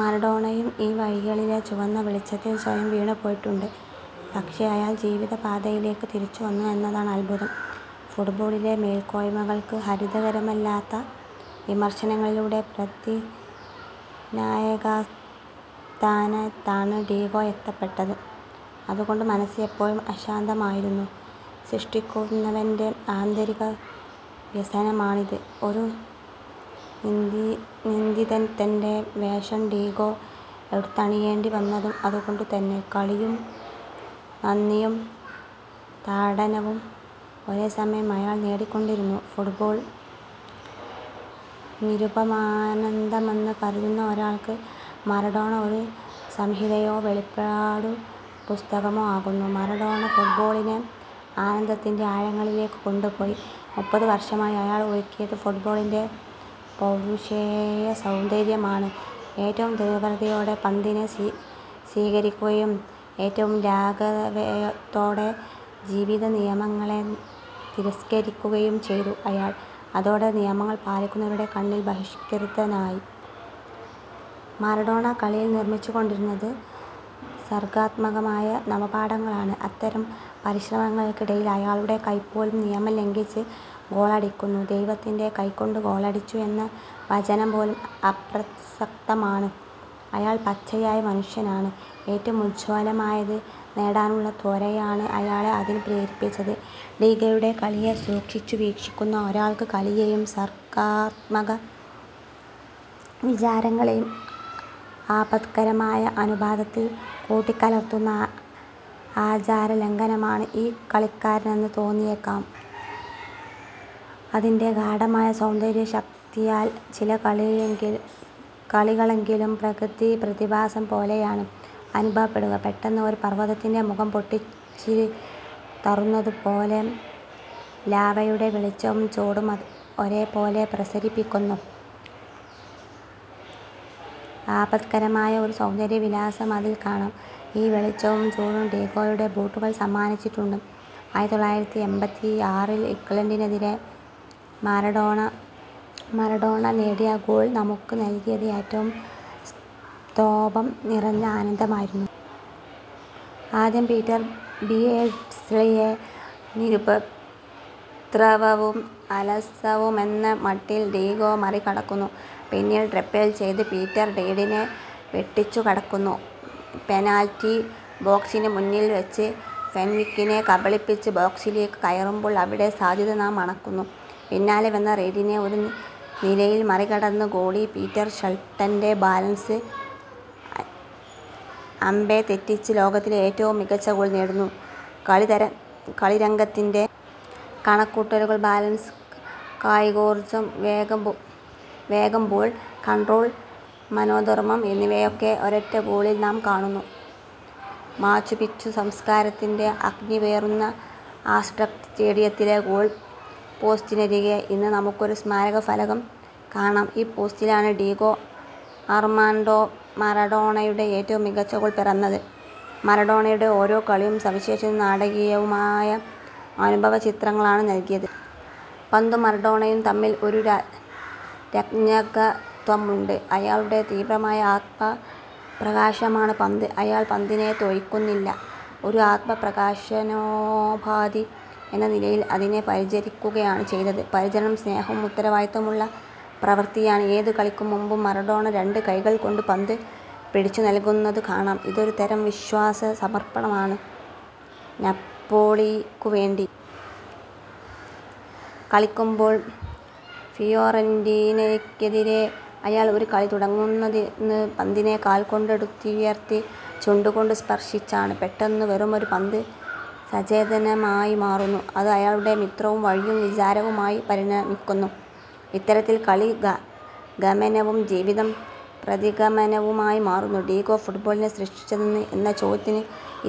മറഡോണയും ഈ വഴികളിലെ ചുവന്ന വെളിച്ചത്തിൽ സ്വയം വീണുപോയിട്ടുണ്ട്. പക്ഷേ അയാൾ ജീവിതപ്പാതയിലേക്ക് തിരിച്ചുവന്നു എന്നതാണ് അദ്ഭുതം. ഫുട്ബോളിലെ മേൽക്കോയ്മകൾക്ക് ഹിതകരമല്ലാത്ത വിമർശനങ്ങളിലൂടെ പ്രതിനായകസ്ഥാനത്താണ് ഡീഗോ എത്തപ്പെട്ടത്. അതുകൊണ്ട് മനസ്സ് എപ്പോഴും അശാന്തമായിരുന്നു. സൃഷ്ടിക്കുന്നവന്റെ ആന്തരിക വ്യസനമാണിത്. ഒരു നിന്ദിതന്റെ വേഷം ഡീഗോ എടുത്തണിയേണ്ടിവന്നതും അതുകൊണ്ടുതന്നെ. കളിയും നന്ദിയും താഡനവും ഒരേസമയം അയാൾ നേടിക്കൊണ്ടിരുന്നു. ഫുട്ബോൾ നിരുപമാനന്ദമെന്ന് കരുതുന്ന ഒരാൾക്ക് മറഡോണ ഒരു സംഹിതയോ വെളിപാടുപുസ്തകമോ ആകുന്നു. മറഡോണ ഫുട്ബോളിനെ ആനന്ദത്തിന്റെ ആഴങ്ങളിലേക്ക് കൊണ്ടുപോയി. മുപ്പത് വർഷമായി അയാൾ ഒരുക്കിയത് ഫുട്ബോളിന്റെ പൗരുഷേയസൗന്ദര്യമാണ്. ഏറ്റവും തീവ്രതയോടെ പന്തിനെ സ്വീകരിക്കുകയും ഏറ്റവും ലാഘവത്തോടെ ജീവിതനിയമങ്ങളെ തിരസ്കരിക്കുകയും ചെയ്തു അയാൾ. അതോടെ നിയമങ്ങൾ പാലിക്കുന്നവരുടെ കണ്ണിൽ ബഹിഷ്കൃതനായി. മറഡോണ കളിയിൽ നിർമിച്ചുകൊണ്ടിരുന്നത് സർഗാത്മകമായ നവപാഠങ്ങളാണ്. അത്തരം പരിശ്രമങ്ങൾക്കിടയിൽ അയാളുടെ കൈപോലും നിയമം ലംഘിച്ച് ഗോളടിക്കുന്നു. ദൈവത്തിന്റെ കൈകൊണ്ട് ഗോളടിച്ചു എന്ന വചനംപോലും അപ്രസക്തമാണ്. അയാൾ പച്ചയായ മനുഷ്യനാണ്. ഏറ്റവും ഉജ്ജ്വലമായത് നേടാനുള്ള ത്വരയാണ് അയാളെ അതിന് പ്രേരിപ്പിച്ചത്. ഡീഗോയുടെ കളിയെ സൂക്ഷിച്ചു വീക്ഷിക്കുന്ന ഒരാൾക്ക് കളിയെയും സർഗാത്മക വിചാരങ്ങളെയും ആപത്കരമായ അനുപാതത്തിൽ കൂട്ടിക്കലർത്തുന്ന ആചാരലംഘകനാണ് ഈ കളിക്കാരനെന്ന് തോന്നിയേക്കാം. അതിന്റെ ഗാഢമായ സൗന്ദര്യശക്തിയാൽ ചില കളികളെങ്കിലും പ്രകൃതിപ്രതിഭാസം പോലെയാണ് അനുഭവപ്പെടുക. പെട്ടെന്ന് ഒരു പർവതത്തിന്റെ മുഖം പൊട്ടിച്ചിതറുന്നതുപോലെ ലാവയുടെ വെളിച്ചവും ചൂടും അത് ഒരേപോലെ പ്രസരിപ്പിക്കുന്നു. ആപത്കരമായ ഒരു സൗന്ദര്യവിലാസം അതിൽ കാണാം. ഈ വെളിച്ചവും ചൂടും ഡീഗോയുടെ ബൂട്ടുകൾ സമ്മാനിച്ചിട്ടുണ്ട്. ആയിരത്തി തൊള്ളായിരത്തി എൺപത്തിയാറിൽ ഇംഗ്ലണ്ടിനെതിരെ മറഡോണ നേടിയ ഗോൾ നമുക്ക് നൽകിയത് ഏറ്റവും സ്തോഭം നിറഞ്ഞ ആനന്ദമായിരുന്നു. ആദ്യം പീറ്റർ ബിയേർഡ്സ്ലിയെ നിരുപദ്രവവും അലസവുമെന്ന മട്ടിൽ ഡീഗോ മറികടക്കുന്നു. പിന്നീട് ഡ്രിബിൾ ചെയ്ത് പീറ്റർ റീഡിനെ വെട്ടിച്ചുകടക്കുന്നു. പെനാൽറ്റി ബോക്സിന് മുന്നിൽവെച്ച് ഫെൻവിക്കിനെ കബളിപ്പിച്ച് ബോക്സിലേക്ക് കയറുമ്പോൾ അവിടെ സാധ്യത നാം മണക്കുന്നു. പിന്നാലെ വന്ന റീഡിനെ ഒരു നിലയിൽ മറികടന്ന് ഗോളി പീറ്റർ ഷിൽട്ടന്റെ ബാലൻസ് അമ്പേ തെറ്റിച്ച് ലോകത്തിലെ ഏറ്റവും മികച്ച ഗോൾ നേടുന്നു. കളിരംഗത്തിന്റെ കണക്കുകൂട്ടൽ ബാലൻസ് കായികോർജം വേഗം ബോൾ കൺട്രോൾ മനോധർമം എന്നിവയൊക്കെ ഒരൊറ്റ ഗോളിൽ നാം കാണുന്നു. മാച്ചുപിച്ചു സംസ്കാരത്തിന്റെ അഗ്നി പേറുന്ന ആസ്ടെക് സ്റ്റേഡിയത്തിലെ ഗോൾപോസ്റ്റിനരികെ ഇന്ന് നമുക്കൊരു സ്മാരകഫലകം കാണാം. ഈ പോസ്റ്റിലാണ് ഡീഗോ അർമാൻഡോ മറഡോണയുടെ ഏറ്റവും മികച്ച ഗോൾ പിറന്നത്. മറഡോണയുടെ ഓരോ കളിയും സവിശേഷവും നാടകീയവുമായ അനുഭവചിത്രങ്ങളാണ് നൽകിയത്. പന്തും മറഡോണയും തമ്മിൽ ഒരു രഞ്ജകത്വമുണ്ട്. അയാളുടെ തീവ്രമായ ആത്മപ്രകാശമാണ് പന്ത്. അയാൾ പന്തിനെ തൊഴിക്കുന്നില്ല. ഒരു ആത്മപ്രകാശനോപാധി എന്ന നിലയിൽ അതിനെ പരിചരിക്കുകയാണ് ചെയ്തത്. പരിചരണം സ്നേഹവും ഉത്തരവാദിത്വവുമുള്ള പ്രവൃത്തിയാണ്. ഏതു കളിക്കും മുമ്പും മറഡോണ രണ്ട് കൈകൾകൊണ്ടും പന്ത് പിടിച്ചുനിൽക്കുന്നതു കാണാം. ഇതൊരു തരം വിശ്വാസസമർപ്പണമാണ്. നപ്പോളിക്കുവേണ്ടി കളിക്കുമ്പോൾ ഫിയോറന്റീനയ്ക്കെതിരെ അയാൾ ഒരു കളി തുടങ്ങുന്നത് പന്തിനെ കാൽകൊണ്ടെടുത്തുയർത്തി ചുണ്ടുകൊണ്ട് സ്പർശിച്ചാണ്. പെട്ടെന്ന് വെറുമൊരു പന്ത് സചേതനമായി മാറുന്നു. അത് അയാളുടെ മിത്രവും വഴിയും വിചാരവുമായി പരിണമിക്കുന്നു. ഇത്തരത്തിൽ കളി ഒരു ഗമനവും ജീവിതം പ്രതിഗമനവുമായി മാറുന്നു. ഡീഗോ ഫുട്ബോളിൽ സൃഷ്ടിച്ചതെന്ത് എന്ന ചോദ്യം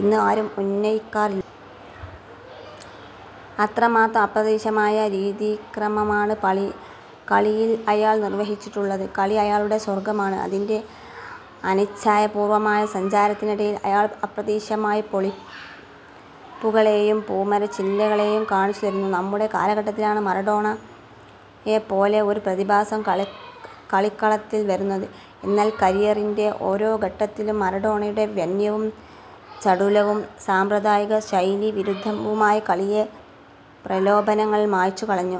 ഇന്ന് ആരും ഉന്നയിക്കാറി. അത്രമാത്രം അപ്രതീക്ഷിതമായ രീതിക്രമമാണ് കളിയിൽ അയാൾ നിർവഹിച്ചിട്ടുള്ളത്. കളി അയാളുടെ സ്വർഗമാണ്. അതിന്റെ അനിച്ഛാപൂർവമായ സഞ്ചാരത്തിനിടയിൽ അയാൾ അപ്രതീക്ഷിതമായ പൊടിപ്പുകളെയും പൂമരച്ചില്ലകളെയും കാണിച്ചുതരുന്നു. നമ്മുടെ കാലഘട്ടത്തിലാണ് മറഡോണയെപ്പോലെ ഒരു പ്രതിഭാസം കളിക്കളത്തിൽ വരുന്നത്. എന്നാൽ കരിയറിന്റെ ഓരോ ഘട്ടത്തിലും മറഡോണയുടെ വന്യവും ചടുലവും സാമ്പ്രദായിക ശൈലീവിരുദ്ധവുമായ കളിയെ പ്രലോഭനങ്ങൾ മായ്ച്ചുകളഞ്ഞു.